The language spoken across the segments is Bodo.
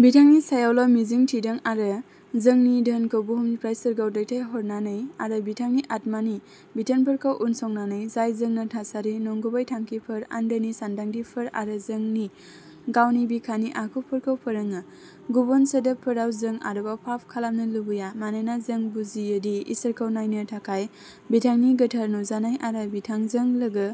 बिथांनि सायावल' मिजिं थिदों आरो जोंनि धोनखौ बुहुमनिफ्राय सोरगोआव दैथायहरनानै आरो बिथांनि आत्मानि बिथोनफोरखौ उनसंनानै, जाय जोंनो थासारि, नंगुबै थांखिफोर, आन्दोनि सानदांथिफोर आरो जोंनि गावनि बिखानि आखुफोरखौ फोरोङो, गुबुन सोदोबफोराव जों आरोबाव पाप खालामनो लुबैया मानोना जों बुजियो दि इसोरखौ नायनो थाखाय, बिथांनि गोथार नुजानाय आरो बिथांजों लोगो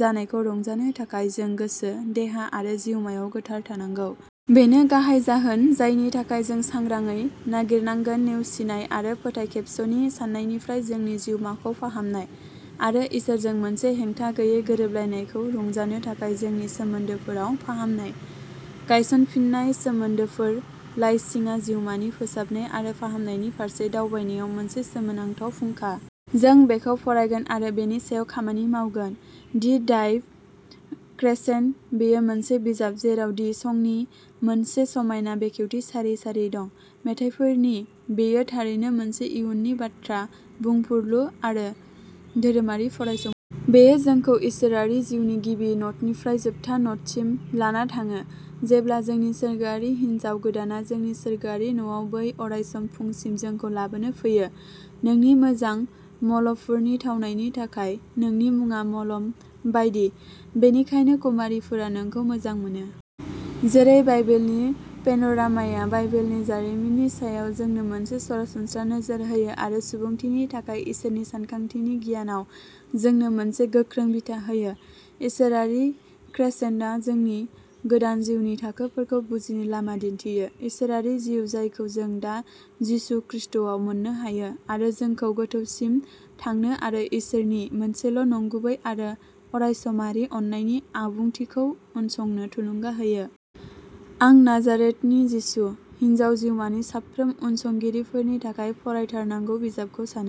जानायखौ रंजानो थाखाय जों गोसो, देहा आरो जिउमायाव गोथार थानांगौ। बेनो गाहाय जाहोन जायनि थाखाय जों सांग्राङै नागिरनांगोन नेवसिनाय आरो फोथायखेबस'नि सानायनिफ्राय जोंनि जिउमाखौ फाहामनाय, आरो इसोरजों मोनसे हेंथा गैयै गोरोबलायनायखौ रंजानो थाखाय जोंनि सोमोन्दोफोराव फाहामनाय। गायसनफिननाय सोमोन्दोफोर लाइसिङा जिउमानि फोसाबनाय आरो फाहामनायनि फारसे दावबायनायाव मोनसे सोमोनांथाव फुंखा। जों बेखौ फरायगोन आरो बेनि सायाव खामानि मावगोन। दि डाइभ क्रेसेन्ड' बेयो मोनसे बिजाब जेराव दि संनि मोनसे समायना बेखेवथि सारि सारि दं। मेथाइफोरनि, बेयो थारैनो मोनसे इयुननि बाथ्रा बुंफोरलु आरो धोरोमारि फरायसंनाय। बेयो जोंखौ इसोरारि जिउनि गिबि न'टनिफ्राय जोबथा न'टसिम लाना थाङो, जेब्ला जोंनि सोरगोआरि हिन्जाव गोदानआ जोंनि सोरगोआरि न'आव बै अरायसम फुंसिम जोंखौ लाबोनो फैयो। "नोंनि मोजां मलमफोरनि थावनायनि थाखाय नोंनि मुङा मलम बायदि, बेनिखायनो कुमारीफोरा नोंखौ मोजां मोनो। जेरै बाइबेलनि पेन'रामाया बाइबेलनि जारिमिननि सायाव जोंनो मोनसे सरासनस्रा नोजोर होयो आरो सुबुंथिनि थाखाय इसोरनि सानथांखिनि गियानाव जोंनो मोनसे गोख्रों बिथा होयो, इसोरारि क्रेसेन्ड'आ जोंनि गोदान जिउनि थाखोफोरखौ बुजिनो लामा दिन्थियो, इसोरारि जिउ जायखौ जों दा जिसु खृष्टआव मोननो हायो, आरो जोंखौ गोथौसिम थांनो आरो इसोरनि मोनसेल' नंगुबै आरो अरायसमारि अननायनि आबुंथिखौ उनसंनो थुलुंगा होयो। आं नाजारेथनि जिसु, हिन्जाव जिउमानि साफ्रोम उनसंगिरिफोरनि थाखाय फरायथारनांगौ बिजाबखौ सानो।